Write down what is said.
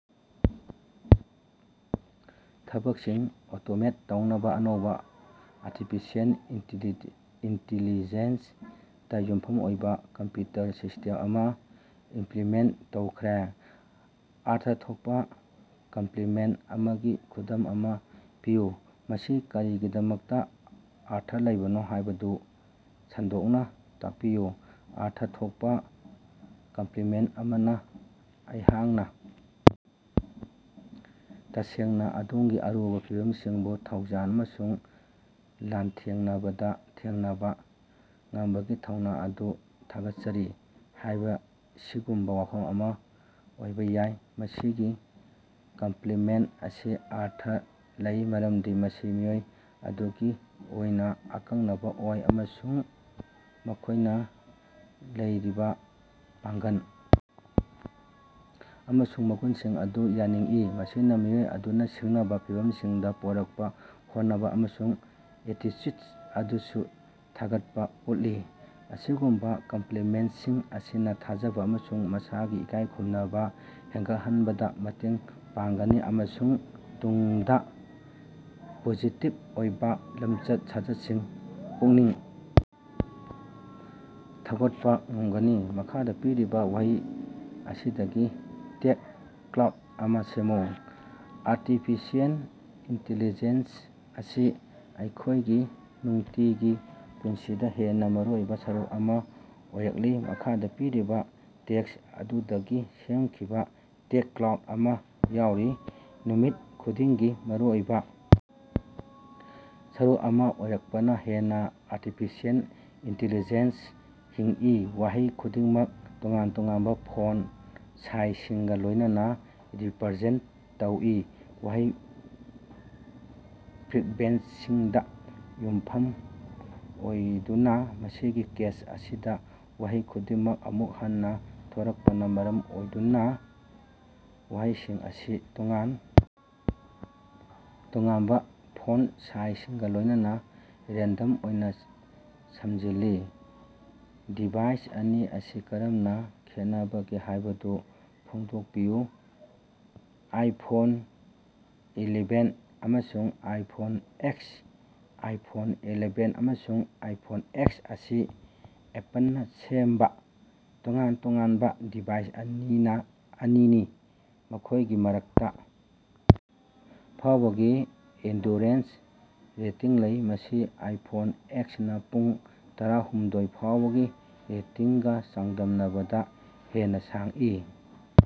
ꯊꯕꯛꯁꯤꯡ ꯑꯣꯇꯣꯃꯦꯠ ꯇꯧꯅꯕ ꯑꯅꯧꯕ ꯑꯥꯔꯇꯤꯐꯤꯁꯦꯜ ꯏꯟꯇꯤꯂꯤꯖꯦꯟꯠ ꯗ ꯌꯨꯝꯐꯝ ꯑꯣꯏꯕ ꯀꯝꯄ꯭ꯌꯨꯇꯔ ꯁꯤꯁꯇꯦꯝ ꯑꯃ ꯏꯝꯄ꯭ꯂꯤꯃꯦꯟꯠ ꯇꯧꯈ꯭ꯔꯦ꯫ ꯑꯔꯊ ꯊꯣꯛꯄ ꯀꯝꯄ꯭ꯂꯤꯃꯦꯟꯠ ꯑꯃꯒꯤ ꯈꯨꯗꯝ ꯑꯃ ꯄꯤꯌꯨ꯫ ꯃꯁꯤ ꯀꯔꯤꯒꯤꯗꯃꯛꯇ ꯑꯔꯊ ꯂꯩꯕꯅꯣ ꯍꯥꯏꯕꯗꯨ ꯁꯟꯗꯣꯛꯅ ꯇꯥꯛꯄꯤꯌꯨ꯫ ꯑꯔꯊ ꯊꯣꯛꯄ ꯀꯝꯄ꯭ꯂꯤꯃꯦꯟꯠ ꯑꯃꯅ "ꯑꯩꯍꯥꯛꯅ ꯇꯁꯦꯡꯅ ꯑꯗꯣꯝꯒꯤ ꯑꯔꯨꯕ ꯐꯤꯚꯝꯁꯤꯡꯕꯨ ꯊꯧꯖꯥꯜ ꯑꯃꯁꯨꯡ ꯂꯥꯟꯊꯦꯡꯅꯕꯗ ꯊꯦꯡꯅꯕ ꯉꯝꯕꯒꯤ ꯊꯧꯅꯥ ꯑꯗꯨ ꯊꯥꯒꯠꯆꯔꯤ" ꯍꯥꯏꯕꯁꯤꯒꯨꯝꯕ ꯋꯥꯐꯝ ꯑꯃ ꯑꯣꯏꯕ ꯌꯥꯏ꯫ ꯃꯁꯤꯒꯤ ꯀꯝꯄ꯭ꯂꯤꯃꯦꯟꯠ ꯑꯁꯤ ꯑꯔꯊ ꯂꯩ ꯃꯔꯝꯗꯤ ꯃꯁꯤ ꯃꯤꯑꯣꯏ ꯑꯗꯨꯒꯤ ꯑꯣꯏꯅ ꯑꯀꯛꯅꯕ ꯑꯣꯏ ꯑꯃꯁꯨꯡ ꯃꯈꯣꯏꯅ ꯂꯩꯔꯤꯕ ꯄꯥꯡꯒꯜ ꯑꯃꯁꯨꯡ ꯃꯒꯨꯟꯁꯤꯡ ꯑꯗꯨ ꯌꯥꯅꯤꯡꯏ꯫ ꯃꯁꯤꯅ ꯃꯤꯑꯣꯏ ꯑꯗꯨꯅ ꯁꯤꯡꯅꯕ ꯐꯤꯚꯝꯁꯤꯡꯗ ꯄꯨꯔꯛꯄ ꯍꯣꯠꯅꯕ ꯑꯃꯁꯨꯡ ꯑꯦꯇꯤꯆꯨꯗ ꯑꯗꯨꯁꯨ ꯊꯥꯒꯠꯄ ꯎꯠꯂꯤ꯫ ꯑꯁꯤꯒꯨꯝꯕ ꯀꯝꯄ꯭ꯂꯤꯃꯦꯟꯠꯁꯤꯡ ꯑꯁꯤꯅ ꯊꯥꯖꯕ ꯑꯃꯁꯨꯡ ꯃꯁꯥꯒꯤ ꯏꯀꯥꯏ ꯈꯨꯝꯅꯕ ꯍꯦꯟꯒꯠꯍꯟꯕꯗ ꯃꯇꯦꯡ ꯄꯥꯡꯒꯅꯤ ꯑꯃꯁꯨꯡ ꯇꯨꯡꯗ ꯄꯣꯖꯤꯇꯤꯕ ꯑꯣꯏꯕ ꯂꯝꯆꯠ-ꯁꯥꯖꯠꯁꯤꯡ ꯄꯨꯛꯅꯤꯡ ꯊꯧꯒꯠꯄ ꯉꯝꯒꯅꯤ꯫ ꯃꯈꯥꯗ ꯄꯤꯔꯤꯕ ꯋꯥꯍꯩ ꯑꯁꯤꯗꯒꯤ ꯇꯦꯒ ꯀ꯭ꯂꯥꯎꯗ ꯑꯃ ꯁꯦꯝꯃꯨ꯫ ꯑꯥꯔꯇꯤꯐꯤꯁꯤꯑꯦꯜ ꯏꯟꯇꯦꯂꯤꯖꯦꯟꯁ ꯑꯁꯤ ꯑꯩꯈꯣꯏꯒꯤ ꯅꯨꯡꯇꯤꯒꯤ ꯄꯨꯟꯁꯤꯗ ꯍꯦꯟꯅ ꯃꯔꯨꯑꯣꯏꯕ ꯁꯔꯨꯛ ꯑꯃ ꯑꯣꯏꯔꯛꯂꯤ꯫ ꯃꯈꯥꯗ ꯄꯤꯔꯤꯕ ꯇꯦꯛꯁ ꯑꯗꯨꯗꯒꯤ ꯁꯦꯝꯈꯤꯕ ꯇꯦꯒ ꯀ꯭ꯂꯥꯎꯗ ꯑꯃ ꯌꯥꯎꯔꯤ: ꯅꯨꯃꯤꯠ ꯈꯨꯗꯤꯡꯒꯤ ꯃꯔꯨꯑꯣꯏꯕ ꯁꯔꯨꯛ ꯑꯃ ꯑꯣꯏꯔꯛꯄꯅ ꯍꯦꯟꯅ ꯑꯥꯔꯇꯤꯐꯤꯁꯤꯑꯦꯜ ꯏꯟꯇꯦꯂꯤꯖꯦꯟꯁ ꯍꯤꯡꯏ ꯋꯥꯍꯩ ꯈꯨꯗꯤꯡꯃꯛ ꯇꯣꯉꯥꯟ ꯇꯣꯉꯥꯟꯕ ꯐꯣꯟꯠ ꯁꯥꯏꯖꯁꯤꯡꯒ ꯂꯣꯏꯅꯅ ꯔꯤꯄꯔꯖꯦꯟꯠ ꯇꯧꯏ, ꯋꯥꯍꯩ ꯐ꯭ꯔꯤꯛꯕꯦꯟꯁꯤꯗ ꯌꯨꯝꯐꯝ ꯑꯣꯏꯗꯨꯅ꯫ ꯃꯁꯤꯒꯤ ꯀꯦꯁ ꯑꯁꯤꯗ ꯋꯥꯍꯩ ꯈꯨꯗꯤꯡꯃꯛ ꯑꯃꯨꯛ ꯍꯟꯅ ꯊꯣꯔꯛꯄꯅ ꯃꯔꯝ ꯑꯣꯏꯗꯨꯅ ꯋꯥꯍꯩꯁꯤꯡ ꯑꯁꯤ ꯇꯣꯉꯥꯟ ꯇꯣꯉꯥꯟꯕ ꯐꯣꯟꯠ ꯁꯥꯏꯖꯁꯤꯡꯒ ꯂꯣꯏꯅꯅ ꯔꯦꯟꯗꯝ ꯑꯣꯏꯅ ꯁꯦꯝꯖꯤꯜꯂꯤ꯫ ꯗꯤꯚꯥꯏꯁ ꯑꯅꯤ ꯑꯁꯤ ꯀꯔꯝꯅ ꯈꯦꯠꯅꯕꯒꯦ ꯍꯥꯏꯕꯗꯨ ꯐꯣꯡꯗꯣꯛꯄꯤꯌꯨ꯫ ꯑꯥꯏꯐꯣꯟ ꯑꯦꯂꯦꯚꯦꯟ ꯑꯃꯁꯨꯡ ꯑꯥꯏꯐꯣꯟ ꯑꯦꯛꯁ ꯑꯥꯏꯐꯣꯟ ꯑꯦꯂꯦꯚꯦꯟ ꯑꯃꯁꯨꯡ ꯑꯥꯏꯐꯣꯟ ꯑꯦꯛꯁ ꯑꯁꯤ ꯑꯦꯄꯜꯅ ꯁꯦꯝꯕ ꯇꯣꯉꯥꯟ ꯇꯣꯉꯥꯟꯕ ꯗꯤꯚꯥꯏꯁ ꯑꯅꯤꯅꯥ ꯑꯅꯤꯅꯤ, ꯃꯈꯣꯏꯒꯤ ꯃꯔꯛꯇ ꯐꯥꯑꯣꯕꯒꯤ ꯑꯦꯟꯗꯨꯔꯦꯟꯁ ꯔꯦꯇꯤꯡ ꯂꯩ, ꯃꯁꯤ ꯑꯥꯏꯐꯣꯟ ꯑꯦꯛꯁꯅ ꯄꯨꯡ ꯇꯔꯥꯍꯨꯝꯗꯣꯏ ꯐꯥꯎꯕꯒꯤ ꯔꯦꯇꯤꯡꯒ ꯆꯥꯡꯗꯝꯅꯕꯗ ꯍꯦꯟꯅ ꯁꯥꯡꯏ꯫